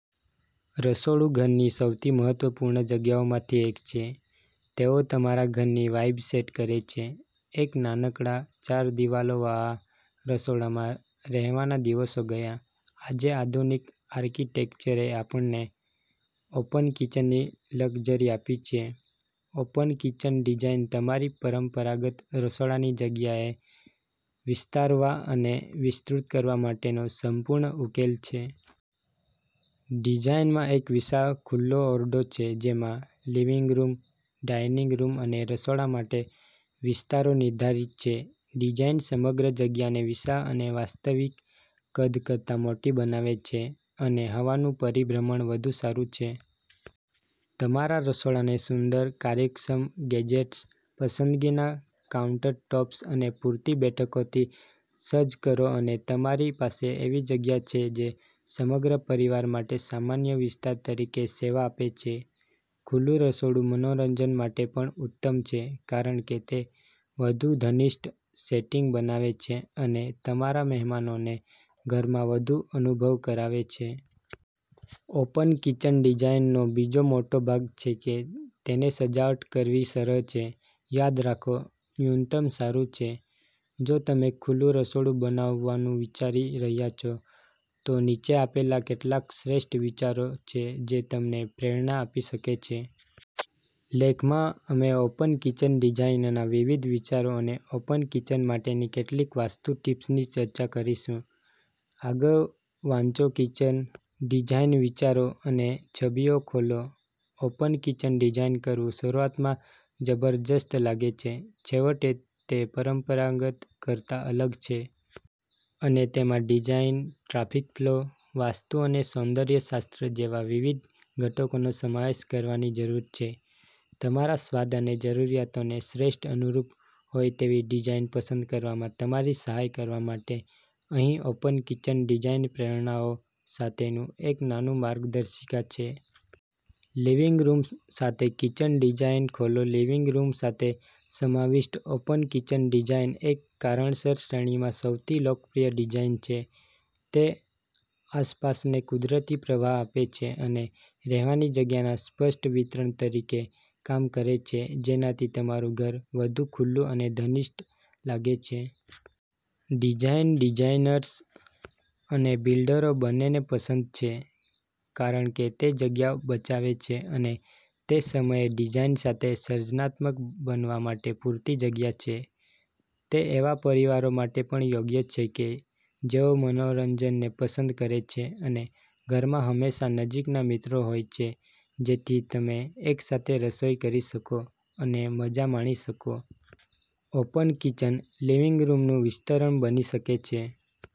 રસોડું ઘરની સૌથી મહત્વપૂર્ણ જગ્યાઓમાંથી એક છે. તેઓ તમારા ઘરની વાઇબ સેટ કરે છે. એક નાનકડા, ચાર દીવાલો વાળા રસોડામાં રહેવાના દિવસો ગયા. આજે આધુનિક આર્કિટેક્ચરે આપણને ઓપન કિચનની લક્ઝરી આપી છે. ઓપન કિચન ડિઝાઇન તમારી પરંપરાગત રસોડાની જગ્યાને વિસ્તારવા અને વિસ્તૃત કરવા માટેનો સંપૂર્ણ ઉકેલ છે. ડિઝાઇનમાં એક વિશાળ ખુલ્લો ઓરડો છે જેમાં લિવિંગ રૂમ, ડાઇનિંગ રૂમ અને રસોડા માટે વિસ્તારો નિર્ધારિત છે. ડિઝાઇન સમગ્ર જગ્યાને વિશાળ અને વાસ્તવિક કદ કરતાં મોટી બનાવે છે અને હવાનું પરિભ્રમણ વધુ સારું છે. તમારા રસોડાને સુંદર, કાર્યક્ષમ ગેજેટ્સ, પસંદગીના કાઉન્ટરટૉપ્સ અને પૂરતી બેઠકોથી સજ્જ કરો અને તમારી પાસે એવી જગ્યા છે જે સમગ્ર પરિવાર માટે સામાન્ય વિસ્તાર તરીકે સેવા આપે છે. ખુલ્લું રસોડું મનોરંજન માટે પણ ઉત્તમ છે કારણ કે તે વધુ ઘનિષ્ઠ સેટિંગ બનાવે છે અને તમારા મહેમાનોને ઘરમાં વધુ અનુભવ કરાવે છે. ઓપન કિચન ડિઝાઈનનો બીજો મોટો ભાગ છે કે તેને સજાવટ કરવી સરળ છે. યાદ રાખો, ન્યૂનતમ સારું છે. જો તમે ખુલ્લું રસોડું બનાવવાનું વિચારી રહ્યા છો, તો નીચે આપેલા કેટલાક શ્રેષ્ઠ વિચારો છે જે તમને પ્રેરણા આપી શકે છે. લેખમાં અમે ઓપન કિચન ડિઝાઇનના વિવિધ વિચારો અને ઓપન કિચન માટેની કેટલીક વાસ્તુ ટીપ્સની ચર્ચા કરીશું. આગળ વાંચોકિચન ડિઝાઇન વિચારો અને છબીઓ ખોલો, ઓપન કિચન ડિઝાઇન કરવું શરૂઆતમાં જબરજસ્ત લાગે છે. છેવટે, તે પરંપરાગત કરતાં અલગ છે. અને તેમાં ડિઝાઈન, ટ્રાફિક ફ્લો, વાસ્તુ અને સૌંદર્ય શાસ્ત્ર જેવા વિવિધ ઘટકોનો સમાવેશ કરવાની જરૂર છે. તમારા સ્વાદ અને જરૂરિયાતોને શ્રેષ્ઠ અનુરૂપ હોય તેવી ડિઝાઇન પસંદ કરવામાં તમારી સહાય કરવા માટે અહીં ઓપન કિચન ડિઝાઇન પ્રેરણાઓ સાથેનું એક નાનું માર્ગદર્શિકા છે. લિવિંગ રૂમ સાથે કિચન ડિઝાઇન ખોલો લિવિંગ રૂમ સાથે સમાવિષ્ટ ઓપન કિચન ડિઝાઇન એક કારણસર શ્રેણીમાં સૌથી લોકપ્રિય ડિઝાઇન છે. તે આસપાસનાને કુદરતી પ્રવાહ આપે છે અને રહેવાની જગ્યાના સ્પષ્ટ વિસ્તરણ તરીકે કામ કરે છે જેનાથી તમારું ઘર વધુ ખુલ્લું અને ઘનિષ્ઠ લાગે છે. ડિઝાઇન ડિઝાઇનર્સ અને બિલ્ડરો બંનેને પસંદ છે કારણ કે તે જગ્યા બચાવે છે અને તે સમયે ડિઝાઇન સાથે સર્જનાત્મક બનવા માટે પૂરતી જગ્યા છે. તે એવા પરિવારો માટે પણ યોગ્ય છે કે જેઓ મનોરંજનને પસંદ કરે છે અને ઘરમાં હંમેશા નજીકના મિત્રો હોય છે જેથી તમે એકસાથે રસોઇ કરી શકો અને મજા માણી શકો. ઓપન કિચન લિવિંગ રૂમનું વિસ્તરણ બની શકે છે.